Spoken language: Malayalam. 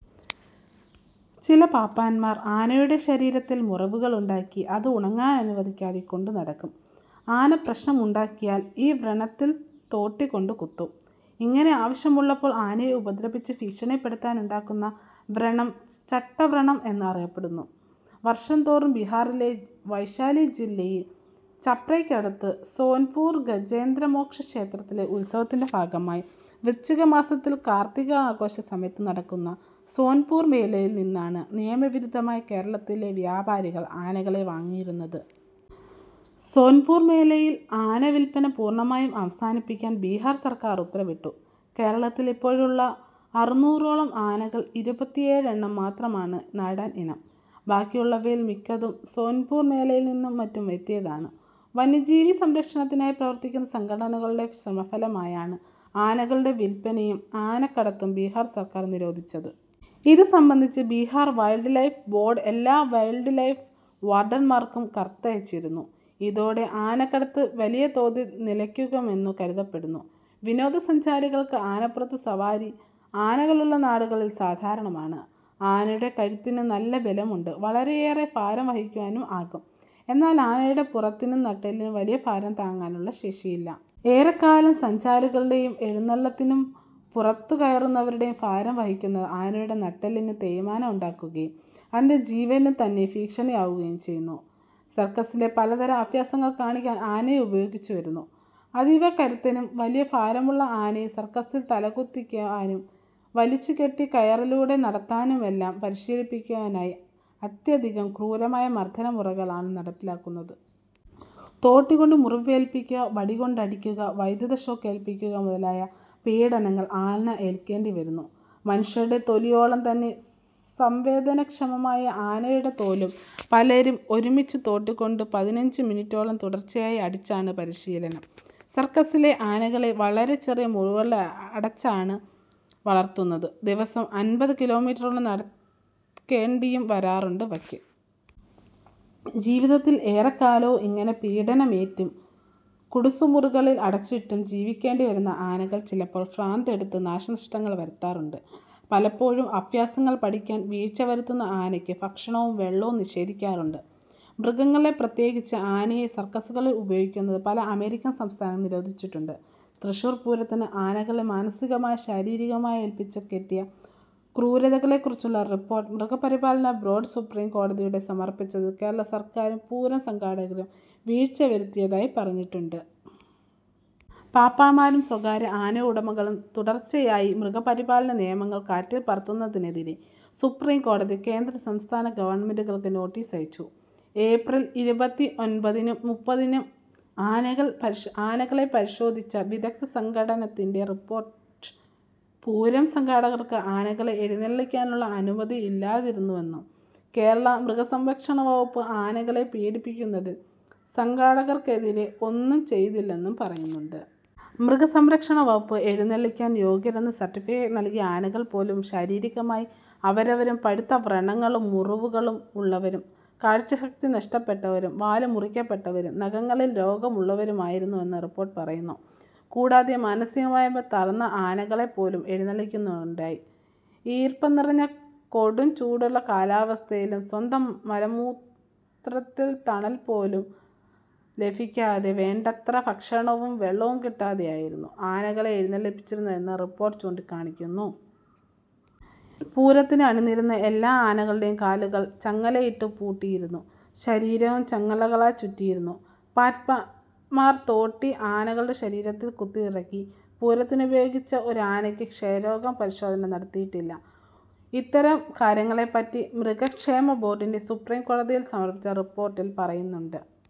ചില പാപ്പാന്മാർ ആനയുടെ ശരീരത്തിൽ മുറിവുകൾ ഉണ്ടാക്കി അത് ഉണങ്ങാൻ അനുവദിക്കാതെ കൊണ്ടു നടക്കും. ആന പ്രശ്നം ഉണ്ടാക്കിയാൽ ഈ വ്രണത്തിൽതോട്ടികൊണ്ട് കുത്തും. ഇങ്ങനെ ആവശ്യമുള്ളപ്പോൾ ആനയെ ഉപദ്രവിച്ച് ഭീഷണിപ്പെടുത്താൻ ഉണ്ടാക്കുന്ന വ്രണം ചട്ടവ്രണം എന്ന് അറിയപ്പെടുന്നു. വർഷം തോറും ബിഹാറിലെ വൈശാലി ജില്ലയിൽ ഛപ്രയ്ക്കടുത്ത് സോൻപുർ ഗജേന്ദ്രമോക്ഷ ക്ഷേത്രത്തിലെ ഉത്സവത്തിൻ്റെ ഭാഗമായി വൃശ്ചികമാസത്തിൽ കാർത്തിക ആഘോഷ സമയത്ത് നടക്കുന്ന സോൻപൂർ മേളയിൽ നിന്നാണ് നിയമവിരുദ്ധമായി കേരളത്തിലെ വ്യാപാരികൾ ആനകളെ വാങ്ങിയിരുന്നത്. സോൻപുർ മേളയിലെ ആനവില്പന പൂർണ്ണമായും അവസാനിപ്പിക്കാൻ ബിഹാർ സർക്കാർ ഉത്തരവിട്ടു. കേരളത്തിൽ ഇപ്പോഴുള്ള അറുന്നൂറോളം ആനകളിൽ ഇരുപത്തിഏഴെണ്ണം മാത്രമാണ് നാടൻ ഇനം. ബാക്കിയുള്ളവയിൽ മിക്കതും സോൻപുർ മേളയിൽനിന്നും മറ്റും എത്തിയതാണ്. വന്യജീവി സംരക്ഷണത്തിനായി പ്രവർത്തിക്കുന്ന സംഘടനകളുടെ ശ്രമഫലമായാണ് ആനകളുടെ വില്പനയും ആനക്കടത്തും ബിഹാർ സർക്കാർ നിരോധിച്ചത്. ഇതു സംബന്ധിച്ച് ബിഹാർ വൈൽഡ് ലൈഫ് ബോർഡ് എല്ലാ വൈൽഡ് ലൈഫ് വാർഡൻമാർക്കും കത്തയച്ചുകഴിഞ്ഞു. ഇതോടെ ആനക്കടത്ത് വലിയതോതിൽ നിലയ്ക്കുമെന്നു കരുതപ്പെടുന്നു. വിനോദസഞ്ചാരികൾക്ക് ആനപ്പുറത്തെ സവാരി ആനകൾ ഉള്ള നാടുകളിൽ സാധാരണമാണ്. ആനയുടെ കഴുത്തിനു നല്ല ബലമുണ്ട്, വളരെയേറെ ഭാരം വഹിക്കുവാനും ആകും, എന്നാൽ ആനയുടെ പുറത്തിനും നട്ടെല്ലിനും വലിയ ഭാരം താങ്ങാനുള്ള ശേഷിയില്ല. ഏറെക്കാലം സഞ്ചാരികളുടെയും എഴുന്നള്ളത്തിനു പുറത്തുകയറുന്നവരുടെയും ഭാരം വഹിക്കുന്നത് ആനയുടെ നട്ടെല്ലിന് തേയ്മാനം ഉണ്ടാക്കുകയും അതിൻ്റെ ജീവനുതന്നെ ഭീഷണി ആവുകയും ചെയ്യുന്നു. സർക്കസ്സിൽ പലതരം അഭ്യാസങ്ങൾ കാണിക്കാൻ ആനയെ ഉപയോഗിച്ചുവരുന്നു. അതീവ കരുത്തനും വലിയ ഭാരവുമുള്ള ആനയെ സർക്കസ്സിൽ തലകുത്തിനിൽക്കാനും വലിച്ചുകെട്ടിയ കയറിലൂടെ നടത്താനുമെല്ലാം പരിശീലിപ്പിക്കാനായി അത്യധികം ക്രൂരമായ മർദ്ദനമുറകളാണ് നടപ്പിലാക്കുന്നത്. തോട്ടി കൊണ്ട് മുറിവേൽപ്പിക്കുക, വടികൊണ്ട് അടിക്കുക, വൈദ്യുത ഷോക്ക് ഏൽപ്പിക്കുക മുതലായ പീഡനങ്ങൾ ആന ഏൽക്കേണ്ടിവരുന്നു. മനുഷ്യരുടെ തൊലിയോളം തന്നെ സംവേദനക്ഷമമായ ആനയുടെ തോൽ പലരും ഒരുമിച്ച് തോട്ടികൊണ്ട് പതിനഞ്ച് മിനുട്ടോളം തുടർച്ചയായി അടിച്ചാണ് പരിശീലനം. സർക്കസ്സിലെ ആനകളെ വളരെ ചെറിയ മുറികളിൽ അടച്ചാണ് വളർത്തുന്നത്, ദിവസം അൻപത് കിലോമീറ്ററോളം നടക്കേണ്ടിയും വരാറുണ്ട് ഇവയ്ക്ക്. ജീവിത്തിൽ ഏറെക്കാലവും ഇങ്ങനെ പീഡനമേറ്റും കുടുസ്സുമുറികളിൽ അടച്ചിട്ടും ജീവിക്കേണ്ടിവരുന്ന ആനകൾ ചിലപ്പോൾ ഭ്രാന്തെടുത്ത് നാശനഷ്ടങ്ങൾ വരുത്താറുണ്ട്. പലപ്പോഴും അഭ്യാസങ്ങൾ പഠിക്കാൻ വീഴ്ചവരുത്തുന്ന ആനയ്ക്ക് ഭക്ഷണവും വെള്ളവും നിഷേധിക്കാറുണ്ട്. മൃഗങ്ങളെ, പ്രത്യേകിച്ച് ആനയെ സർക്കസ്സുകളിൽ ഉപയോഗിക്കുന്നത് പല അമേരിക്കൻ സംസ്ഥാനങ്ങളിലും നിരോധിച്ചിട്ടുണ്ട്. തൃശൂർ പൂരത്തിന് ആനകളിൽ മാനസികമായും ശാരീരികമായും ഏൽപ്പിച്ച കെട്ടിയ ക്രൂരതകളെക്കുറിച്ചുള്ള റിപ്പോർട്ട് മൃഗപരിപാലന ബോഡ് സുപ്രീം കോടതിയിൽ സമർപ്പിച്ചതിൽ കേരളസർക്കാരും പൂരം സംഘാടകരും വീഴ്ച്ചവരുത്തിയതായി പറഞ്ഞിട്ടുണ്ട്. പാപ്പാന്മാരും സ്വകാര്യ ആന ഉടമകളും തുടർച്ചയായി മൃഗപരിപാലനനിയമങ്ങൾ കാറ്റിൽപ്പറത്തുന്നതിനെതിരെ സുപ്രീം കോടതി കേന്ദ്ര സംസ്ഥാന ഗവൺമെൻ്റുകൾക്ക് നോട്ടീസ് അയച്ചു. ഏപ്രിൽ ഇരുപത്തിഒൻപതിനും മുപ്പതിനും ആനകൾ ആനകളെ പരിശോധിച്ച വിദഗ്ദ്ധസംഘത്തിൻ്റെ റിപ്പോർട്ടിൽ പൂരം സംഘാടകർക്ക് ആനകളെ എഴുന്നള്ളിക്കാനുള്ള അനുമതി ഇല്ലായിരുന്നുവെന്നും കേരള മൃഗസംരക്ഷണവകുപ്പ് ആനകളെ പീഡിപ്പിക്കുന്നതിൽ സംഘാടകർക്കെതിരെ ഒന്നും ചെയ്തില്ലെന്നും പറയുന്നുണ്ട്. മൃഗസംരക്ഷണവകുപ്പ് എഴുന്നള്ളിക്കാൻ യോഗ്യരെന്ന് സർട്ടിഫിക്കറ്റ് നൽകിയ ആനകൾ പോലും ശാരീരികമായി അവരവരും പഴുത്ത വ്രണങ്ങളും മുറിവുകളും ഉള്ളവരും കാഴ്ചശക്തി നഷ്ടപ്പെട്ടവരും വാല് മുറിക്കപ്പെട്ടവരും നഖങ്ങളിൽ രോഗമുള്ളവരുമായിരുന്നെന്ന് റിപ്പോർട്ട് പറയുന്നു. കൂടാതെ മാനസികമായി തകർന്ന ആനകളെപ്പോലും എഴുന്നള്ളിക്കുകയുണ്ടായി. ഈർപ്പം നിറഞ്ഞ കൊടും ചൂടുള്ള കാലാവസ്ഥയിലും സ്വന്തം മലമൂത്രത്തിൽ തണൽപോലും ലഭിക്കാതെ വേണ്ടത്ര ഭക്ഷണവും വെള്ളവും കിട്ടാതെ ആയിരുന്നു ആനകളെ എഴുന്നള്ളിച്ചിരുന്നതെന്ന് റിപ്പോർട്ട് ചൂണ്ടിക്കാണിക്കുന്നു. പൂരത്തിന് അണിനിരത്തിയ എല്ലാ ആനകളുടെയും കാലുകൾ ഇടച്ചങ്ങലയിട്ട് പൂട്ടിയിരുന്നു. ശരീരവും ചങ്ങലകളാൽ ചുറ്റിയിരുന്നു. പാപ്പാൻമാർ തോട്ടി ആനകളുടെ ശരീരത്തിൽ കുത്തിയിറക്കി. പൂരത്തിന് ഉപയോഗിച്ച ഒരു ആനയ്ക്കും ക്ഷയരോഗ പരിശോധന നടത്തിയിട്ടില്ല. ഇത്തരം കാര്യങ്ങളെപ്പറ്റി മൃഗക്ഷേമ ബോർഡിൻ്റെ സുപ്രീം കോടതിയിൽ സമർപ്പിച്ച റിപ്പോർട്ടിൽ പറയുന്നുണ്ട്.